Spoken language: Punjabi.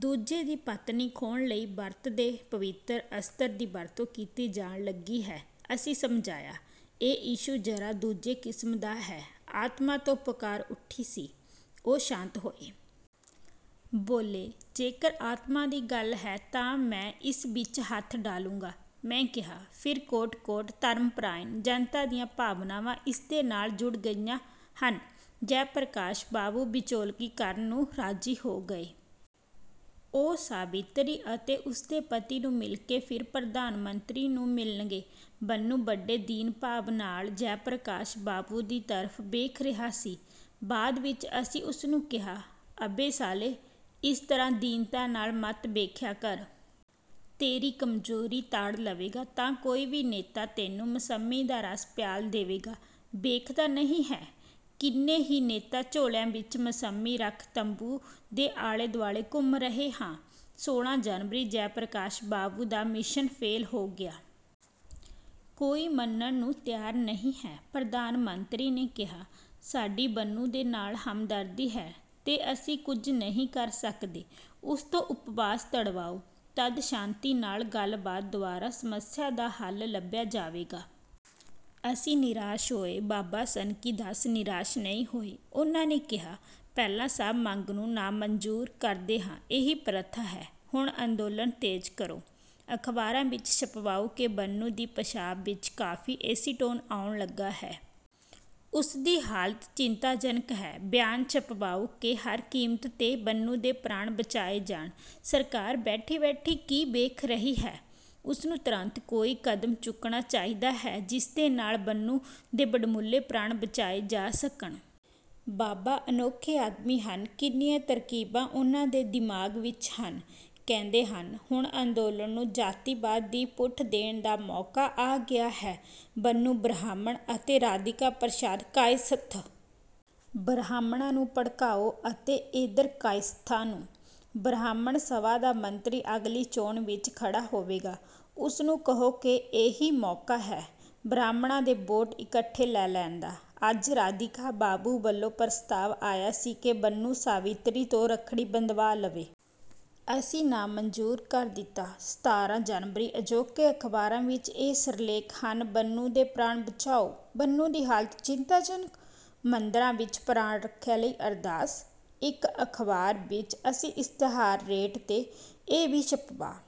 ਦੂਜੇ ਦੀ ਪਤਨੀ ਖੋਹਣ ਲਈ ਵਰਤ ਦੇ ਪਵਿਤਰ ਅਸਤਰ ਦੀ ਵਰਤੋਂ ਕੀਤੀ ਜਾਣ ਲੱਗੀ ਹੈ। " ਅਸੀਂ ਸਮਝਾਇਆ, "ਇਹ ਇਸ਼ੂ ਜਰਾ ਦੂਜੇ ਕਿਸਮ ਦਾ ਹੈ। ਆਤਮਾ ਤੋਂ ਪੁਕਾਰ ਉੱਠੀ ਸੀ। " ਉਹ ਸ਼ਾਂਤ ਹੋਏ। ਬੋਲੇ, "ਜੇਕਰ ਆਤਮਾ ਦੀ ਗੱਲ ਹੈ ਤਾਂ ਮੈਂ ਇਸ ਵਿੱਚ ਹੱਥ ਡਾਲੂੰਗਾ। " ਮੈਂ ਕਿਹਾ, "ਫਿਰ ਕੋਟਿ-ਕੋਟਿ ਧਰਮਪ੍ਰਾਇਣ ਜਨਤਾ ਦੀਆਂ ਭਾਵਨਾਵਾਂ ਇਸਦੇ ਨਾਲ ਜੁੜ ਗਈਆਂ ਹਨ। ਜੈਪ੍ਰਕਾਸ਼ ਬਾਬੂ ਵਿਚੋਲਗੀ ਕਰਨ ਨੂੰ ਰਾਜੀ ਹੋ ਗਏ। ਉਹ ਸਾਵਿਤਰੀ ਅਤੇ ਉਸਦੇ ਪਤੀ ਨੂੰ ਮਿਲਕੇ ਫਿਰ ਪ੍ਰਧਾਨਮੰਤਰੀ ਨੂੰ ਮਿਲਣਗੇ। ਬੰਨੂ ਵੱਡੇ ਦੀਨਭਾਵ ਨਾਲ ਜੈਪ੍ਰਕਾਸ਼ ਬਾਬੂ ਦੀ ਤਰਫ ਵੇਖ ਰਿਹਾ ਸੀ। ਬਾਅਦ ਵਿੱਚ ਅਸੀਂ ਉਸਨੂੰ ਕਿਹਾ, "ਅਬੇ ਸਾਲੇ, ਇਸ ਤਰ੍ਹਾਂ ਦੀਨਤਾ ਨਾਲ ਮਤ ਵੇਖਿਆ ਕਰ। ਤੇਰੀ ਕਮਜੋਰੀ ਤਾੜ ਲਵੇਗਾ ਤਾਂ ਕੋਈ ਵੀ ਨੇਤਾ ਤੈਨੂੰ ਮੁਸੰਮੀ ਦਾ ਰਸ ਪਿਆਲ ਦੇਵੇਗਾ। ਵੇਖਦਾ ਨਹੀਂ ਹੈ, ਕਿੰਨੇ ਹੀ ਨੇਤਾ ਝੋਲਿਆਂ ਵਿੱਚ ਮੁਸੰਮੀ ਰੱਖ ਤੰਬੂ ਦੇ ਆਲੇ-ਦੁਆਲੇ ਘੁੰਮ ਰਹੇ ਹਾਂ। ਸੋਲ੍ਹਾਂ ਜਨਵਰੀ ਜੈਪ੍ਰਕਾਸ਼ ਬਾਬੂ ਦਾ ਮਿਸ਼ਨ ਫੇਲ ਹੋ ਗਿਆ। ਕੋਈ ਮੰਨਣ ਨੂੰ ਤਿਆਰ ਨਹੀਂ ਹੈ। ਪ੍ਰਧਾਨ ਮੰਤਰੀ ਨੇ ਕਿਹਾ, "ਸਾਡੀ ਬੰਨੂ ਦੇ ਨਾਲ ਹਮਦਰਦੀ ਹੈ, ਤੇ ਅਸੀਂ ਕੁੱਝ ਨਹੀਂ ਕਰ ਸਕਦੇ। ਉਸ ਤੋਂ ਉਪਵਾਸ ਤੁੜਵਾਓ, ਤੱਦ ਸ਼ਾਂਤੀ ਨਾਲ ਗੱਲ ਬਾਤ ਦੁਆਰਾ ਸਮੱਸਿਆ ਦਾ ਹੱਲ ਲਭਿਆ ਜਾਵੇਗਾ। ਅਸੀਂ ਨਿਰਾਸ਼ ਹੋਏ, ਬਾਬਾ ਸਨਕੀਦਾਸ ਨਿਰਾਸ਼ ਨਹੀਂ ਹੋਏ। ਉਨ੍ਹਾਂ ਨੇ ਕਿਹਾ, "ਪਹਿਲਾਂ ਸਭ ਮੰਗ ਨੂੰ ਨਾਮੰਜੂਰ ਕਰਦੇ ਹਾਂ। ਇਹੀ ਪ੍ਰਥਾ ਹੈ। ਹੁਣ ਅੰਦੋਲਨ ਤੇਜ ਕਰੋ। ਅਖਬਾਰਾਂ ਵਿੱਚ ਛਪਵਾਓ ਕਿ ਬੰਨੂ ਦੀ ਪੇਸ਼ਾਬ ਵਿੱਚ ਕਾਫ਼ੀ ਏਸੀਟੋਨ ਆਉਣ ਲੱਗਾ ਹੈ। ਉਸਦੀ ਹਾਲਤ ਚਿੰਤਾਜਨਕ ਹੈ। ਬਿਆਨ ਛਪਵਾਓ ਕਿ ਹਰ ਕੀਮਤ ਤੇ ਬੰਨੂ ਦੇ ਪ੍ਰਾਣ ਬਚਾਏ ਜਾਣ। ਸਰਕਾਰ ਬੈਠੀ -ਬੈਠੀ ਕੀ ਵੇਖ ਰਹੀ ਹੈ? ਉਸਨੂੰ ਤੁਰੰਤ ਕੋਈ ਕਦਮ ਚੁੱਕਣਾ ਚਾਹੀਦਾ ਹੈ ਜਿਸਦੇ ਨਾਲ ਬੰਨੂ ਦੇ ਵਡਮੁੱਲੇ ਪ੍ਰਾਣ ਬਚਾਏ ਜਾ ਸਕਣ। " ਬਾਬਾ ਅਨੋਖੇ ਆਦਮੀ ਹਨ। ਕਿੰਨੀਆਂ ਤਰਕੀਬਾਂ ਉਨ੍ਹਾਂ ਦੇ ਦਿਮਾਗ ਵਿੱਚ ਹਨ। ਕਹਿੰਦੇ ਹਨ, "ਹੁਣ ਅੰਦੋਲਨ ਨੂੰ ਜਾਤੀਵਾਦ ਦੀ ਪੁਠ ਦੇਣ ਦਾ ਮੌਕਾ ਆ ਗਿਆ ਹੈ। ਬੰਨੂ ਬਰਾਹਮਣ ਹੈ ਅਤੇ ਰਾਧੀਕਾ ਪ੍ਰਸਾਦ ਕਾਇਸਥ। ਬਰਾਹਮਣਾ ਨੂੰ ਭੜਕਾਓ ਅਤੇ ਏਧਰ ਕਾਇਸਥਾਂ ਨੂੰ। ਬਰਾਹਮਣ ਸਭਾ ਦਾ ਮੰਤਰੀ ਅਗਲੀ ਚੋਣ ਵਿੱਚ ਖੜਾ ਹੋਵੇਗਾ। ਉਸਨੂੰ ਕਹੋ ਕਿ ਇਹੀ ਮੌਕਾ ਹੈ ਬਰਾਹਮਣਾ ਦੇ ਵੋਟ ਇੱਕਠੇ ਲੈ ਲੈਣ ਦਾ। ਅੱਜ ਰਾਧੀਕਾ ਬਾਬੂ ਵੱਲੋਂ ਪ੍ਰਸਤਾਵ ਆਇਆ ਸੀ ਕਿ ਬੰਨੂ ਸਾਵਿਤਰੀ ਤੋਂ ਰੱਖੜੀ ਬੰਧਵਾ ਲਵੇ। ਅਸੀਂ ਨਾਮੰਜੂਰ ਕਰ ਦਿੱਤਾ। ਸਤਾਰ੍ਹਾਂ ਜਨਵਰੀ ਅਜੋਕੇ ਅਖਬਾਰਾਂ ਵਿੱਚ ਇਹ ਸਿਰਲੇਖ ਹਨ ਬੰਨੂ ਦੇ ਪ੍ਰਾਣ ਬਚਾਓ! ਬੰਨੂ ਦੀ ਹਾਲਤ ਚਿੰਤਾਜਨਕ! ਮੰਦਿਰਾਂ ਵਿੱਚ ਪ੍ਰਾਣ- ਰੱਖਿਆ ਲਈ ਅਰਦਾਸ! ਇੱਕ ਅਖ਼ਬਾਰ ਵਿੱਚ ਅਸੀਂ ਇਸ਼ਤਿਹਾਰ ਰੇਟ ਤੇ ਇਹ ਵੀ ਛਪਵਾ